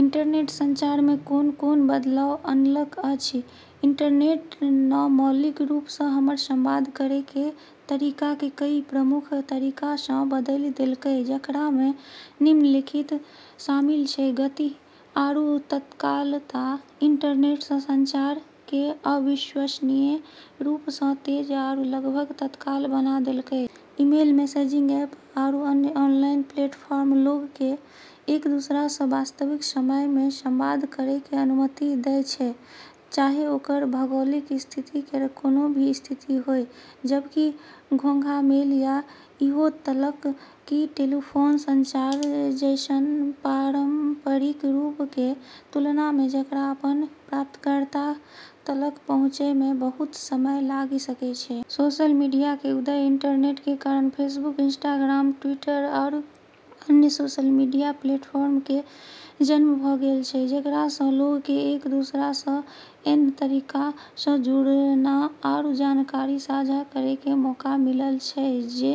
Internet संचार मे कोन-कोन बदलाव अनलक अछि? इंटरनेट न मौलिक रूप सं हमर संवाद करै के तरीका के कई प्रमुख तरीका सं बदली देलकै, जेकरा मे निम्नलिखित शामिल छै: गति आरू तत्कालता: इंटरनेट न संचार के अविश्वसनीय रूप सं तेज आरू लगभग तत्काल बना देलकै। ईमेल, मैसेजिंग ऐप आरू अन्य ऑनलाइन प्लेटफॉर्म लोग के एक-दूसरा सं वास्तविक समय मे संवाद करै के अनुमति दै छै, चाहे ओकर भौगोलिक स्थिति केर कोनो भी स्थिति होय, जबकि घोंघा मेल या ईहो तलक कि टेलीफोन संचार जैसन पारंपरिक रूप के तुलना मे जेकरा अपन प्राप्तकर्ता तलक पहुँचै मे बहुत समय लागि सकै छै। सोशल मीडिया के उदय: इंटरनेट के कारण फेसबुक, इंस्टाग्राम, ट्विटर, आरू अन्य सोशल मीडिया प्लेटफॉर्म के जन्म भ गेल छै, जेकरा सं लोग के एक-दूसरा सं ऐन्ह तरीका सं जुड़ना आरू जानकारी साझा करै के मौका मिलल छै जे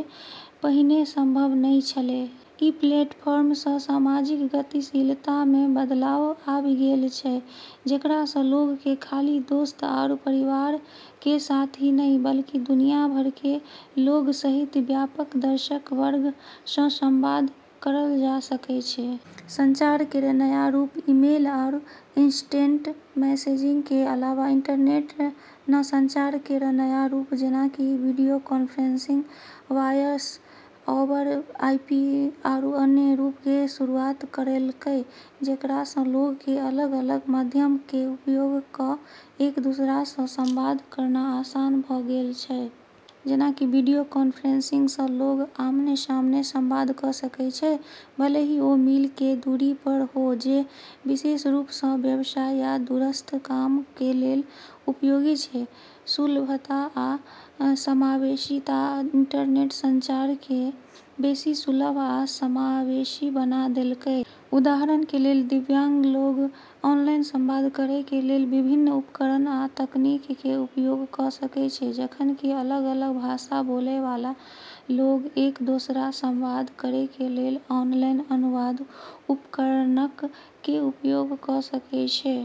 पहिने संभव नहि छेलै। ई प्लेटफॉर्म सं सामाजिक गतिशीलता मे बदलाव आबि गेल छै, जेकरा सं लोग के खाली दोस्त आरू परिवार के साथ ही नहि, बल्कि दुनिया भर के लोग सहित व्यापक दर्शक वर्ग सं संवाद करल जा सकै छै। संचार केर नया रूप: ईमेल आरू इंस्टेंट मैसेजिंग के अलावा इंटरनेट न संचार केर नया रूप जेना कि video conferencing, voice over IP, आरू अन्य रूप के शुरूआत करलकै जेकरा सं लोग के अलग-अलग माध्यम के उपयोग क एक-दूसरा सं संवाद करना आसान भ गेल छै। जेना कि वीडियो कॉन्फ्रेंसिंग सं लोग आमने-सामने संवाद क सकै छै, भले ही ओ मील के दूरी पर हो, जे विशेष रूप सं व्यवसाय आ दूरस्थ काम के लेल उपयोगी छै। सुलभता आ समावेशीता: इंटरनेट संचार के बेसी सुलभ आ समावेशी बना देलकै। उदाहरण के लेल दिव्यांग लोग ऑनलाइन संवाद करै के लेल विभिन्न उपकरण आ तकनीक के उपयोग क सकै छै, जखन कि अलग-अलग भाषा बोलय वाला लोग एक दोसरा संवाद करै के लेल ऑनलाइन अनुवाद उपकरणक के उपयोग क सकै छै।